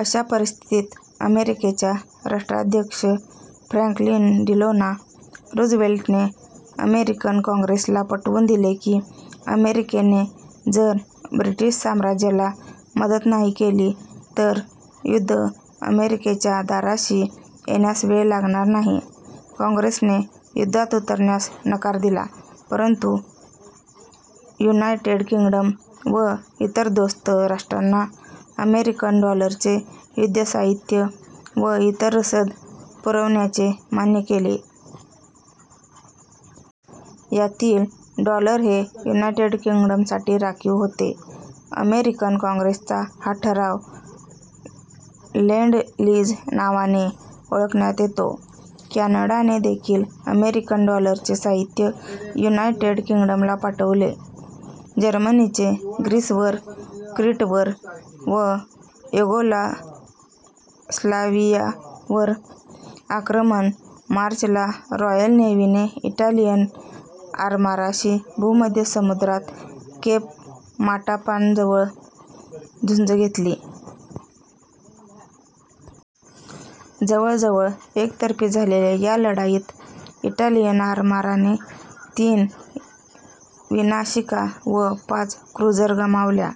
अशा परिस्थितीत अमेरिकेच्या राष्ट्राध्यक्ष फ्रॅंकलिन डिलानो रूझवेल्टने अमेरिकन काँग्रेसला पटवून दिले की अमेरिकेने जर ब्रिटिश साम्राज्याला मदत नाही केली तर युद्ध अमेरिकेच्या दाराशी येण्यास वेळ लागणार नाही. कॉॅंग्रेसने युद्धात उतरण्यास नकार दिला परंतु युनायटेड किंग्डम व इतर दोस्त राष्ट्रांना अमेरिकन डॉलरचे युद्धसाहित्य व इतर रसद पुरवण्याचे मान्य केले. यातील डॉलर हे युनायटेड किंग्डमसाठी राखीव होते. अमेरिकन कॉॅंग्रेसचा हा ठराव लेंड लीझ नावाने ओळखण्यात येतो. कॅनडाने देखिल अमेरिकन डॉलरचे साहित्य युनायटेड किंग्डमला पाठवले. जर्मनीचे ग्रीसवर, क्रीटवर व युगोस्लाव्हियावर आक्रमण मार्च ला रॉयल नेव्हीने इटालियन आरमाराशी भूमध्य समुद्रात केप माटापानजवळ झुंज घेतली. जवळजवळ एकतर्फी झालेल्या या लढाईत इटालियन आरमाराने तीन विनाशिका व पाच क्रुझर गमावल्या.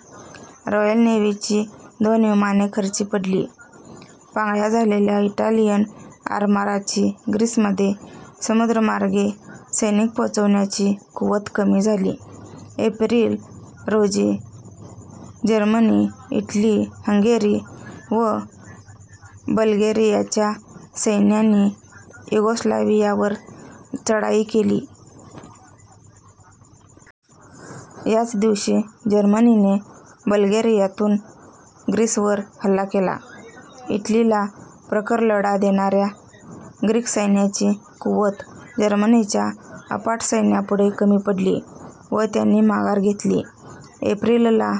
रॉयल नेव्हीची दोन विमाने खर्ची पडली. पांगळ्या झालेल्या इटालियन आरमाराची ग्रीसमध्ये समुद्रमार्गे सैनिक पोचवण्याची कुवत कमी झाली. एप्रिल, रोजी जर्मनी, इटली, हंगेरी व बल्गेरियाच्या सैन्यांनी युगोस्लाव्हियावर चढाई केली. याच दिवशी जर्मनीने बल्गेरियातून ग्रीसवर हल्ला केला. इटलीला प्रखर लढा देणाऱ्या ग्रीक सैन्याची कुवत जर्मनीच्या अफाट सैन्यापुढे कमी पडली व त्यांनी माघार घेतली. एप्रिल ला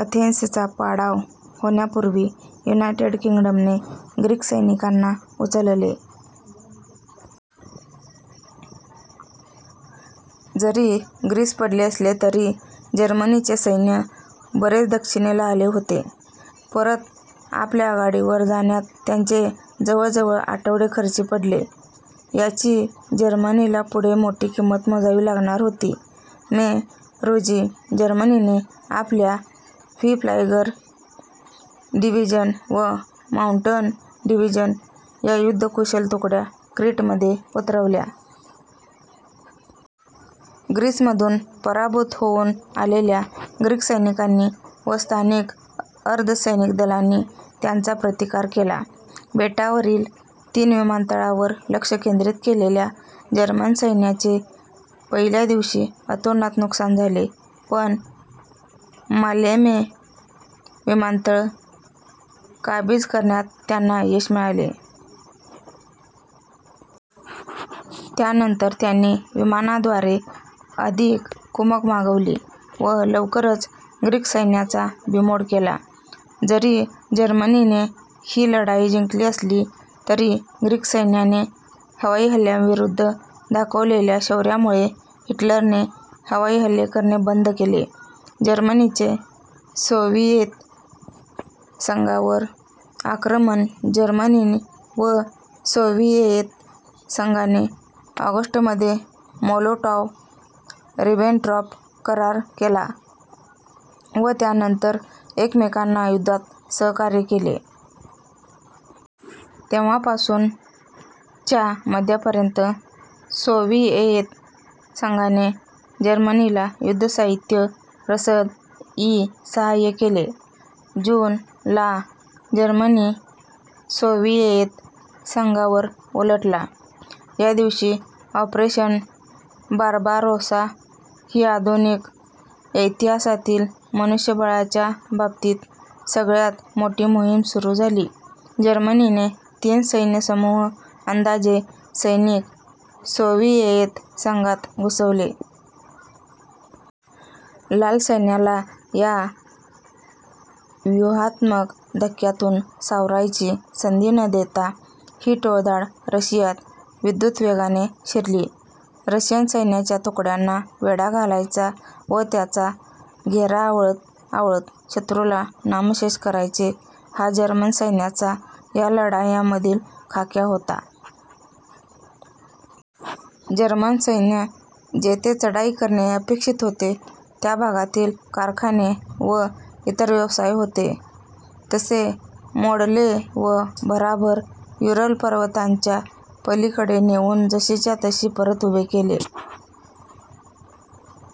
अथेन्सचा पाडाव होण्यापूर्वी युनायटेड किंग्डमने ग्रीक सैनिकांना उचलले. जरी ग्रीस पडले असले तरी जर्मनीचे सैन्य बरेच दक्षिणेला आले होते. परत आपल्या आघाडीवर जाण्यात त्यांचे जवळजवळ आठवडे खर्ची पडले. याची जर्मनीला पुढे मोठी किंमत मोजावी लागणार होती. मे, रोजी जर्मनीने आपल्या वी फ्लायगर डिव्हिजन व माउंटन डिव्हिजन या युद्धकुशल तुकड्या क्रीटमध्ये उतरवल्या. ग्रीसमधून पराभूत होऊन आलेल्या ग्रीक सैनिकांनी व स्थानिक अर्धसैनिक दलांनी त्यांचा प्रतिकार केला. बेटावरील तीन विमानतळांवर लक्ष केंद्रित केलेल्या जर्मन सैन्याचे पहिल्या दिवशी अतोनात नुकसान झाले पण मालेमे विमानतळ काबीज करण्यात त्यांना यश मिळाले. त्यानंतर त्यांनी विमानाद्वारे अधिक कुमक मागवली व लवकरच ग्रीक सैन्याचा बीमोड केला. जरी जर्मनीने ही लढाई जिंकली असली तरी ग्रीक सैन्याने हवाईहल्ल्यांविरुद्ध दाखवलेल्या शौर्यामुळे हिटलरने हवाई हल्ले करणे बंद केले. जर्मनीचे सोव्हिएत संघावर आक्रमण जर्मनी व सोव्हिएत संघाने ऑगस्ट मध्ये मोलोटॉव्ह-रिबेनट्रॉप करार केला व त्यानंतर एकमेकांना युद्धात सहकार्य केले. तेव्हापासून च्या मध्यापर्यंत सोव्हिएत संघाने जर्मनीला युद्धसाहित्य, रसद, इ. साहाय्य केले. जून, ला जर्मनी सोव्हिएत संघावर उलटला. या दिवशी ऑपरेशन बार्बारोसा ही आधुनिक इतिहासातील मनुष्यबळाच्या बाबतीत सगळ्यात मोठी मोहीम सुरू झाली. जर्मनीने तीन सैन्यसमूह, अंदाजे सैनिक सोव्हिएत संघात घुसवले. लाल सैन्याला या व्यूहात्मक धक्क्यातून सावरायची संधी न देता ही टोळधाड रशियात विद्युतवेगाने शिरली. रशियन सैन्याच्या तुकड्यांना वेढा घालायचा व त्याचा घेरा आवळत आवळत शत्रूला नामशेष करायचे हा जर्मन सैन्याचा या लढायांमधील खाक्या होता. जर्मन सैन्य जेथे चढाई करणे अपेक्षित होते त्या भागातील कारखाने व इतर व्यवसाय होते तसे मोडले व भराभर युरल पर्वतांच्या पलीकडे नेउन जशीच्या तशी परत उभे केले.